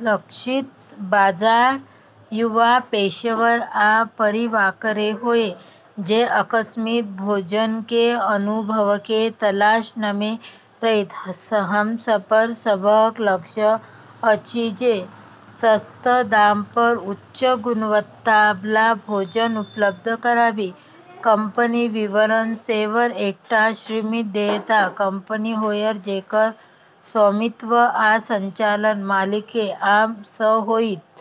लक्षित बाजार युवा पेशेवर आ परिवारके होयत जे आकस्मिक भोजनके अनुभवके तलाशमे रहत। हमर सबहक लक्ष्य अछि जे सस्त दाम पर उच्च गुणवत्ताबला भोजन उपलब्ध कराबी। कंपनी विवरण सेवर एकटा सीमित देयता कंपनी होयत जेकर स्वामित्व आ संचालन [मालिकके नाम] सँ होइत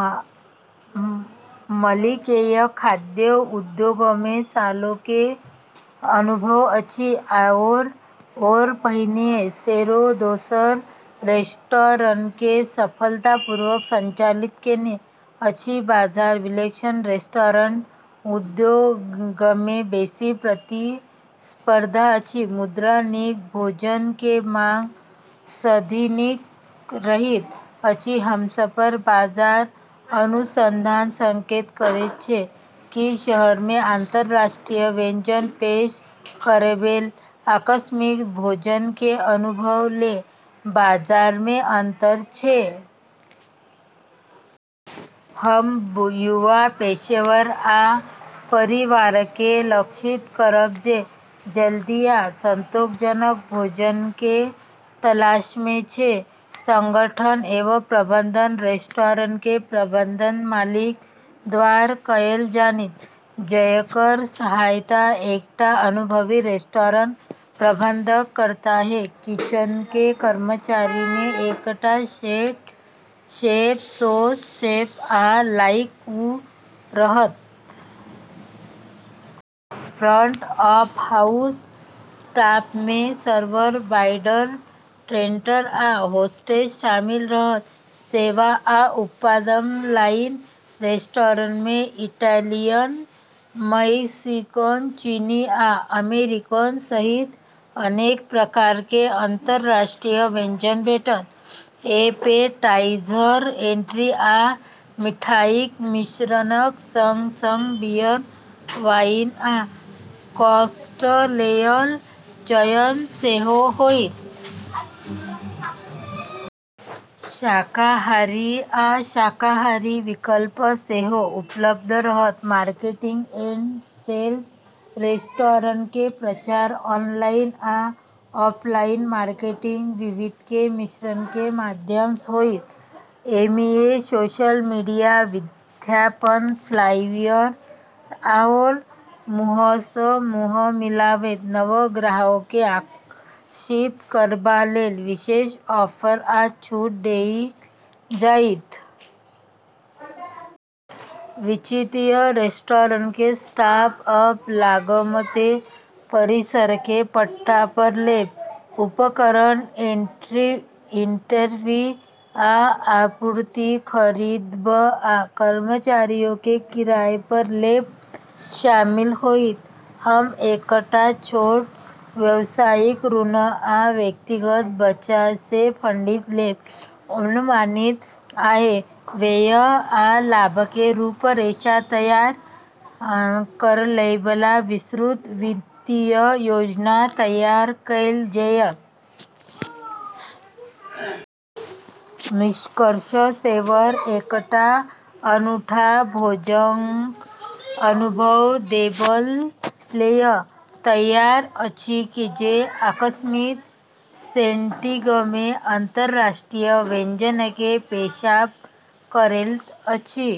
। मालिकके खाद्य उद्योगमे सालोंके अनुभव अछि आओर ओ पहिने सेहो दोसर रेस्टोरेंटके सफलतापूर्वक संचालित केने छथि। बाजार विश्लेषण रेस्टोरेंट उद्योगमे बेसी प्रतिस्पर्धा अछि, मुदा नीक भोजनके मांग सदिखन रहैत अछि। हमर बाजार अनुसंधान संकेत करै छै कि शहरमे अंतरराष्ट्रीय व्यंजन पेश करैबला आकस्मिक भोजनके अनुभव लेल बाजारमे अंतर छै। हम युवा पेशेवर आ परिवारके लक्षित करब जे जल्दी आ संतोषजनक भोजनके तलाशमे छै। संगठन एवं प्रबंधन रेस्टोरेंटके प्रबंधन मालिक द्वारा कयल जाइत, जकर सहायता एकटा अनुभवी रेस्टोरेंट प्रबंधक करताह किचनके कर्मचारीमे एकटा हेड शेफ, सौस शेफ, आ लाइन कुक रहत। फ्रंट ऑफ हाउस स्टाफमे सर्वर, बारटेंडर आ होस्टेस शामिल रहत। सेवा या उत्पाद लाइन रेस्टोरेंटमे इटैलियन, मैक्सिकन, चीनी आ अमेरिकन सहित अनेक प्रकारके अंतर्राष्ट्रीय व्यंजन भेटत। ऐपेटाइज़र, एंट्री, आ मिठाईक मिश्रणक संग-संग बियर, वाइन, आ कॉकटेलक चयन सेहो होइत । शाकाहारी आ शाकाहारी विकल्प सेहो उपलब्ध रहत। मार्केटिंग एंड सेल्स रेस्टोरेंटके प्रचार ऑनलाइन आ ऑफलाइन मार्केटिंग विधिके मिश्रणके माध्यमसँ होइत । एहिमे सोशल मीडिया पर विज्ञापनफ्लाईयर आओर मुंहसँ मुंह मिलत। नव ग्राहकके आकर्षित करबा लेल विशेष ऑफर आ छूट देल जाइत । वित्तीय रेस्टोरेंटके स्टार्ट-अप लागतमे परिसरके पट्टा पर लेब, उपकरण, इन्वेंट्री, आ आपूर्ति खरीदब, आ कर्मचारीके किराया पर लेब शामिल होइत । हम एकटा छोट व्यवसायिक ऋण आ व्यक्तिगत बचतसँ फंडिंग लेब। अनुमानित आय, व्यय, आ लाभके रूपरेखा तैयार करैबला विस्तृत वित्तीय योजना तैयार कैल जेतय। निष्कर्ष सेवर एकटा अनूठा भोजनक अनुभव देबय लेल तैयार अछि, जे आकस्मिक सेटिंगमे अंतरराष्ट्रीय व्यंजनके पेशकश करैत अछि।